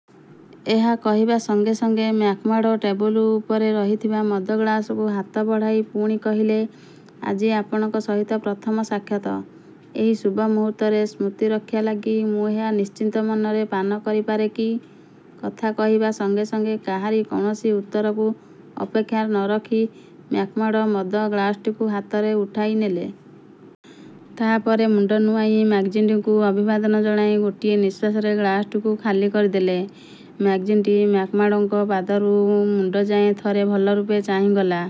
'' ଏହା କହିବା ସଙ୍ଗେସଙ୍ଗେ ମ୍ୟାକ୍ମାର୍ଡ଼ୋ ଟେବୁଲ ଉପରେ ରହିଥିବା ମଦ ଗ୍ଳାସକୁ ହାତ ବଢ଼ାଇ ପୁଣି କହିଲେ, ''ଆଜି ଆପଣଙ୍କ ସହିତ ପ୍ରଥମ ସାକ୍ଷାତ। ଏହି ଶୁଭ ମୁହୂର୍ତ୍ତର ସ୍ମୃତିରକ୍ଷା ଲାଗି ମୁଁ ଏହା ନିଶ୍ଚିନ୍ତ ମନରେ ପାନ କରିପାରେ କି? '' କଥା କହିବା ସଙ୍ଗେସଙ୍ଗେ କାହାରି କୌଣସି ଉତ୍ତରକୁ ଅପେକ୍ଷା ନ ରଖି ମ୍ୟାକ୍ମାର୍ଡ଼ୋ ମଦ ଗ୍ଳାସଟିକୁ ହାତରେ ଉଠାଇନେଲେ। ତା ପରେ ମୁଣ୍ଡ ନୁଆଇଁ ମ୍ୟାକ୍ଜିଣ୍ଟିକୁ ଅଭିବାଦନ ଜଣାଇ ଗୋଟିଏ ନିଃଶ୍ୱାସରେ ଗ୍ଳାସଟିକୁ ଖାଲି କରିଦେଲେ। ମ୍ୟାକ୍ଜିଣ୍ଟି ମ୍ୟାକ୍ମାର୍ଡ଼ୋଙ୍କ ପାଦଠାରୁ ମୁଣ୍ଡଯାଏ ଥରେ ଭଲରୂପେ ଚାହିଁଗଲା।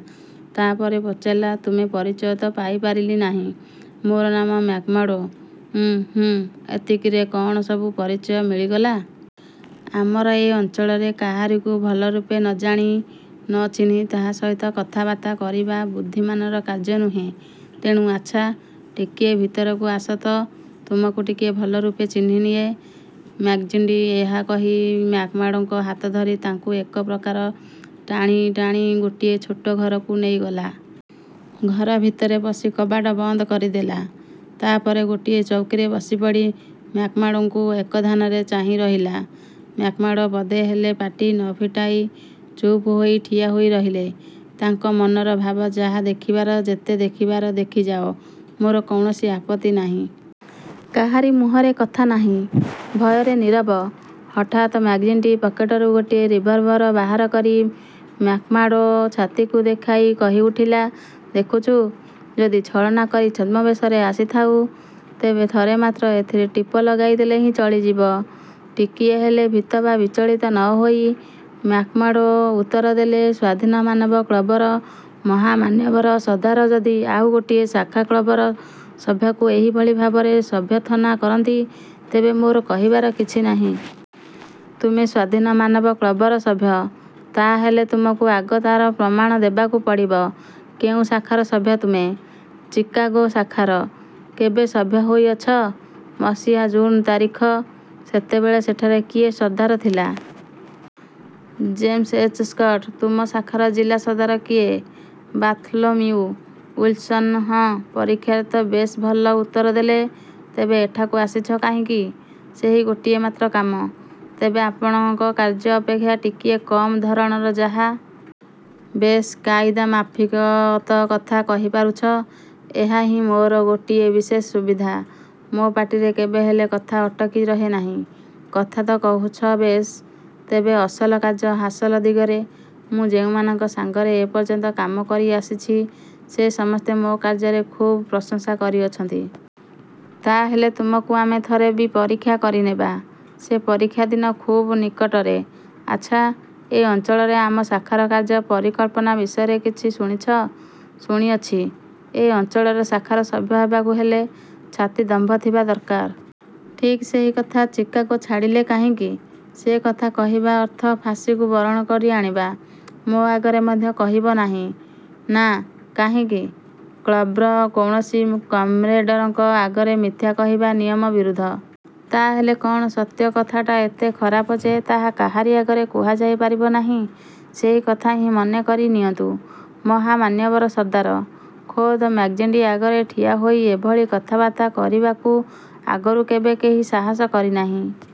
ତା ପରେ ପଚାରିଲା, ''ତୁମ ପରିଚୟ ତ ପାଇ ପାରିଲି ନାହିଁ? '' ''ମୋର ନାମ ମ୍ୟାକ୍ମାର୍ଡ଼ୋ। '' ''ଉଁ, ହୁଁ, ଏତିକିରେ କଅଣ ସବୁ ପରିଚୟ ମିଳିଗଲା? ଆମର ଏ ଅଞ୍ଚଳରେ କାହାରିକୁ ଭଲରୂପେ ନ ଜାଣି, ନ ଚିହ୍ନି ତାହା ସହିତ କଥାବାର୍ତ୍ତା କରିବା ବୁଦ୍ଧିମାନର କାର୍ଯ୍ୟ ନୁହେଁ। ତେଣୁ। ଆଚ୍ଛା, ଟିକିଏ ଭିତରକୁ ଆସ ତ, ତୁମକୁ ଟିକିଏ ଭଲରୂପେ ଚିହ୍ନି ନିଏ। '' ମ୍ୟାକ୍ଜିଣ୍ଟି ଏହା କହି ମ୍ୟାକ୍ମାର୍ଡ଼ୋଙ୍କ ହାତ ଧରି ତାଙ୍କୁ ଏକ ପ୍ରକାର ଟାଣିଟାଣି ଗୋଟିଏ ଛୋଟ ଘରକୁ ନେଇଗଲା। ଘରଭିତରେ ପଶି କବାଟ ବନ୍ଦ କରିଦେଲା। ତା ପରେ ଗୋଟିଏ ଚୌକିରେ ବସିପଡ଼ି ମ୍ୟାକ୍ମାର୍ଡ଼ୋଙ୍କୁ ଏକଧ୍ୟାନରେ ଚାହିଁରହିଲା। ମ୍ୟାକ୍ମାର୍ଡ଼ୋ ପଦେ ହେଲେ ପାଟି ନ ଫିଟାଇ ଚୁପ୍ ହୋଇ ଠିଆହୋଇ ରହିଲେ। ତାଙ୍କ ମନର ଭାବ–ଯାହା ଦେଖିବାର, ଯେତେ ଦେଖିବାର ଦେଖିଯାଅ; ମୋର କୌଣସି ଆପତ୍ତି ନାହିଁ। କାହାରି ମୁହଁରେ କଥା ନାହିଁ। ଉଭୟେ ନୀରବ। ହଠାତ୍ ମ୍ୟାକ୍ଜିଣ୍ଟି ପକେଟରୁ ଗୋଟାଏ ରିଭଲଭର ବାହାର କରି ମ୍ୟାକ୍ମାର୍ଡ଼ୋ ଛାତିକୁ ଦେଖାଇ କହିଉଠିଲା, ''ଦେଖୁଛୁ, ଯଦି ଛଳନା କରି ଛଦ୍ମବେଶରେ ଆସିଥାଉ, ତେବେ ଥରେ ମାତ୍ର ଏଥିରେ ଟିପ ଲଗାଇଦେଲେ ହିଁ ଚଳିଯିବ। '' ଟିକିଏ ହେଲେ ଭୀତ ବା ବିଚଳିତ ନ ହୋଇ ମ୍ୟାକ୍ମାର୍ଡ଼ୋ ଉତ୍ତରଦେଲେ, ''ସ୍ୱାଧୀନ ମାନବ କ୍ଳବର ମହାମାନ୍ୟବର ସର୍ଦ୍ଦାର ଯଦି ଆଉ ଗୋଟିଏ ଶାଖା କ୍ଳବର ସଭ୍ୟକୁ ଏଇଭଳି ଭାବରେ ଅଭ୍ୟର୍ଥନା କରନ୍ତି, ତେବେ ମୋର କହିବାର କିଛି ନାହିଁ। ତୁମେ ସ୍ୱାଧୀନ ମାନବ କ୍ଳବର ସଭ୍ୟ? ତା ହେଲେ ତୁମକୁ ଆଗ ତାର ପ୍ରମାଣ ଦେବାକୁ ପଡ଼ିବ। କେଉଁ ଶାଖାର ସଭ୍ୟ ତୁମେ-? '' ''ଚିକାଗୋ ଶାଖାର। '' ''କେବେ ସଭ୍ୟ ହୋଇଅଛ? '''' ମସିହା ଜୁନ ତାରିଖ। '' ''ସେତେବେଳେ ସେଠାରେ କିଏ ସର୍ଦ୍ଦାର ଥିଲା? '' ''ଜେମ୍ସ ଏଚ୍. ସ୍କଟ। '' ''ତୁମ ଶାଖାର ଜିଲା ସର୍ଦ୍ଦାର କିଏ? '' ''ବାର୍ଥଲାମିଉ। ଉଇଲ୍ସନ୍। '' ''ହଁ, ପରୀକ୍ଷାରେ ତ ବେଶ୍ ଭଲ ଉତ୍ତରଦେଲେ। ତେବେ ଏଠାକୁ ଆସିଛ କାହିଁକି? '' ''ସେହି ଗୋଟିଏ ମାତ୍ର କାମ। ତେବେ ଆପଣଙ୍କ କାର୍ଯ୍ୟ ଅପେକ୍ଷା ଟିକିଏ କମ୍ ଧରଣର ଯାହା। '' ''ବେଶ୍ କାଇଦା ମାଫିକ ତ କଥା କହିପାରୁଛ? '' ''ଏହା ହିଁ ମୋର ଗୋଟାଏ ବିଶେଷ ସୁବିଧା। ମୋ ପାଟିରେ କେବେହେଲେ କଥା ଅଟକି ରହେ ନାହିଁ। '' ''କଥା ତ କହୁଛ ବେଶ୍; ତେବେ ଅସଲ କାର୍ଯ୍ୟ ହାସଲ ଦିଗରେ? '' ''ମୁଁ ଯେଉଁମାନଙ୍କ ସାଙ୍ଗରେ ଏପର୍ଯ୍ୟନ୍ତ କାମ କରିଆସିଛି, ସେ ସମସ୍ତେ ମୋ କାର୍ଯ୍ୟର ଖୁବ ପ୍ରଶଂସା କରିଅଛନ୍ତି। '' ''ତା ହେଲେ ତୁମକୁ ଆମେ ଥରେ ବି ପରୀକ୍ଷା କରିନେବା। ସେ ପରୀକ୍ଷା ଦିନ ଖୁବ୍ ନିକଟରେ। ଆଚ୍ଛା, ଏ ଅଞ୍ଚଳରେ ଆମ ଶାଖାର କାର୍ଯ୍ୟ ପରିକଳ୍ପନା ବିଷୟରେ କିଛି ଶୁଣିଛ? '' ''ଶୁଣିଅଛି। ଏ ଅଞ୍ଚଳ ଶାଖାର ସଭ୍ୟ ହେବାକୁ ହେଲେ ଛାତି ଦମ୍ଭ ଥିବା ଦରକାର। '' ''ଠିକ୍ ସେହି କଥା। ଚିକାଗୋ ଛାଡ଼ିଲ କାହିଁକି? '' ''ସେ କଥା କହିବା ଅର୍ଥ ଫାଶିକୁ ବରଣ କରି ଆଣିବା। '' ''ମୋ ଆଗରେ ମଧ୍ୟ କହିବ ନାହିଁ? '' ''ନା। '' ''କାହିଁକି? '' ''କ୍ଳବ୍ର କୌଣସି କମ୍ରେଡ଼ଙ୍କ ଆଗରେ ମିଥ୍ୟା କହିବା ନିୟମବିରୁଦ୍ଧ। '' ''ତା ହେଲେ କଅଣ ସତ୍ୟ କଥାଟା ଏତେ ଖରାପ ଯେ, ତାହା କାହାରି ଆଗରେ କୁହାଯାଇପାରିବ ନାହିଁ? '' ''ସେହି କଥା ହିଁ ମନେକରି ନିଅନ୍ତୁ ମହାମାନ୍ୟବର ସର୍ଦ୍ଦାର! '' ଖୋଦ୍ ମ୍ୟାକ୍ଜିଣ୍ଟି ଆଗରେ ଠିଆହୋଇ ଏଭଳି କଥାବାର୍ତ୍ତା କରିବାକୁ ଆଗରୁ କେବେ କେହି ସାହସ କରି ନାହିଁ।